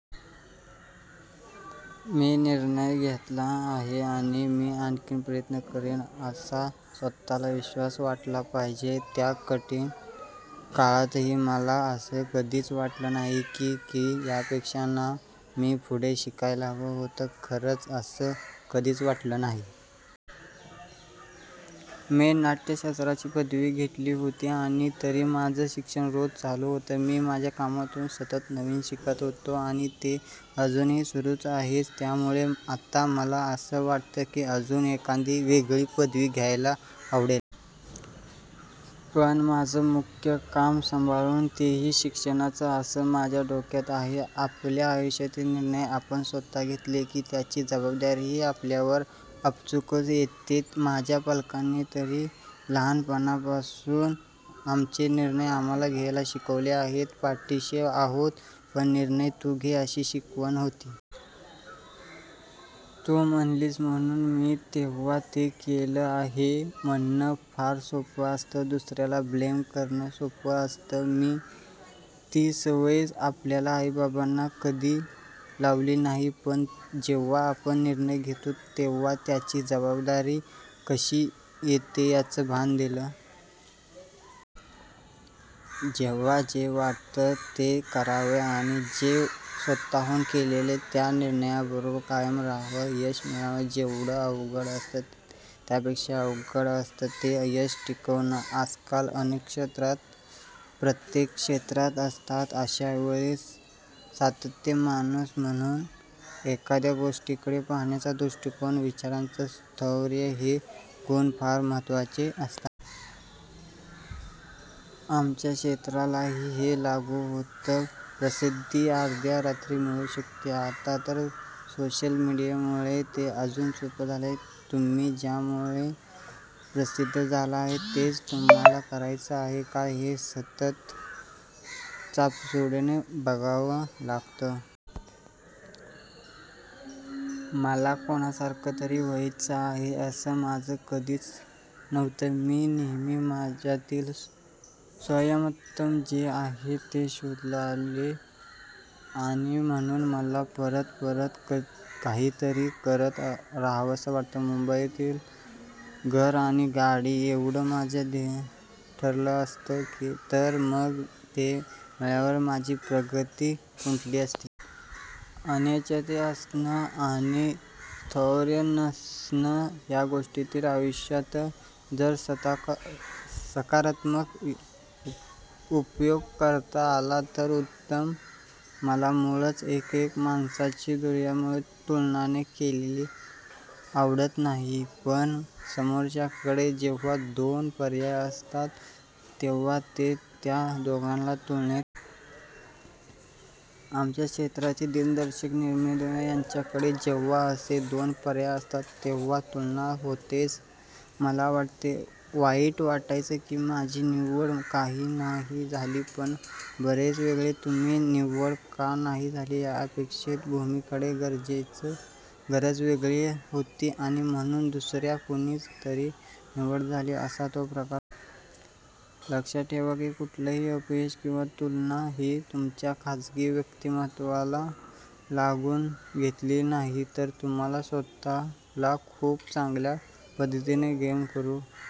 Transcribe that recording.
मी निर्णय घेतला आहे आणि मी आणखी प्रयत्न करेन, असा स्वतःला विश्वास वाटला पाहिजे. त्या कठीण काळातही मला असं कधीच वाटलं नाही की, की यापेक्षा ना, मी पुढे शिकायला हवं होतं. खरंच असं कधीच वाटलं नाही. मी नाट्यशास्त्राची पदवी घेतली होती आणि तरी माझं शिक्षण रोज चालूच होतं. मी माझ्या कामातून सतत नवीन शिकत होतेच आणि ते अजूनही सुरू आहेच. त्यामुळे आता मला असं वाटतंय की, अजून एखादी वेगळी पदवी घ्यायला आवडेल. पण माझं मुख्य काम सांभाळून तेही शिकायचं असं माझ्या डोक्यात आहे. आपल्या आयुष्यातील निर्णय आपण स्वत घेतले की, त्याची जबाबदारीही आपल्यावर आपसूकच येते. माझ्या पालकांनी तर लहानपणापासून आमचे निर्णय आम्हांला घ्यायला शिकवलं. आम्ही पाठीशी आहोत, पण निर्णय तू घे अशी शिकवण होती. तू म्हणालीस म्हणून मी तेव्हा ते केलं हे म्हणणं फार सोपं असतं. दुसर्याला ब्लेम करणं सोपं असतं. ती सवयच आम्हांला आई-बाबांनी कधी लावली नाही. पण जेव्हा आपण निर्णय घेतो तेव्हा त्याची जबाबदारी कशी येते याचं भान दिलं. जेव्हा जे वाटतं ते करावं आणि जे स्वतःहून केलंय त्या निर्णयाबरोबर कायम राहावं. यश मिळवणं जेवढं अवघड असतं त्यापेक्षा अवघड असतं ते यश टिकवणं. आजकाल अनिश्चितता प्रत्येक क्षेत्रात असते. अशावेळी सातत्य, माणूस म्हणून एखाद्या गोष्टीकडे पाहण्याचा दृष्टिकोन, विचारांचं स्थैर्य हे गुण फार महत्त्वाचे असतात. आमच्या क्षेत्रालाही हे लागू होतं. प्रसिद्धी अर्ध्या रात्रीत मिळू शकते आता तर सोशल मीडियामुळे ते अजूनच सोपं झालंय. तुम्ही ज्यामुळे प्रसिद्ध झाला आहात तेच तुम्हांला करायचं आहे का, हे सतत चाचपडून बघावं लागतं. मला कोणासारखं तरी व्हायचं आहे असं माझं कधीच नव्हतं. मी नेहमी माझ्यातील सर्वोत्तम जे आहे ते शोधत आले आणि म्हणून मला परत परत काहीतरी करत राहावंसं वाटतं. मुंबईत घर आणि गाडी एवढंच माझं ध्येय ठरलं असतं तर मग ते मिळाल्यावर माझी प्रगती खुंटली असती. अनिश्चितता असणं आणि स्थैर्य नसणं या गोष्टींचा आयुष्यात जर सकारात्मक उपयोग करता आला तर उत्तम. मला मुळातच एका माणसाची दुसर्याशी तुलना केलेली आवडत नाही. पण समोरच्याकडे जेव्हा दोन पर्याय असतात, तेव्हा तो त्या दोन्हीत तुलनाच करतो. आमच्या क्षेत्रात दिग्दर्शक निर्माते यांच्याकडे जेव्हा असे दोन पर्याय असतात तेव्हा तुलना होतेच. मला वाईट वाटायचं की, माझी निवड का नाही झाली पण बरेचवेळा तुमची निवड का नाही झाली यापेक्षा त्या भूमिकेची गरज वेगळी होती आणि म्हणून दुसर्या कुणाची तरी निवड झाली, असा तो प्रकार असतो. लक्षात ठेवा की, कुठलंही अपयश किंवा तुलना ही तुमच्या खाजगी व्यक्तिमत्त्वाला लावून घेतली नाहीत तर तुम्ही स्वतःला खूप चांगल्या पद्धतीने ग्रुम करू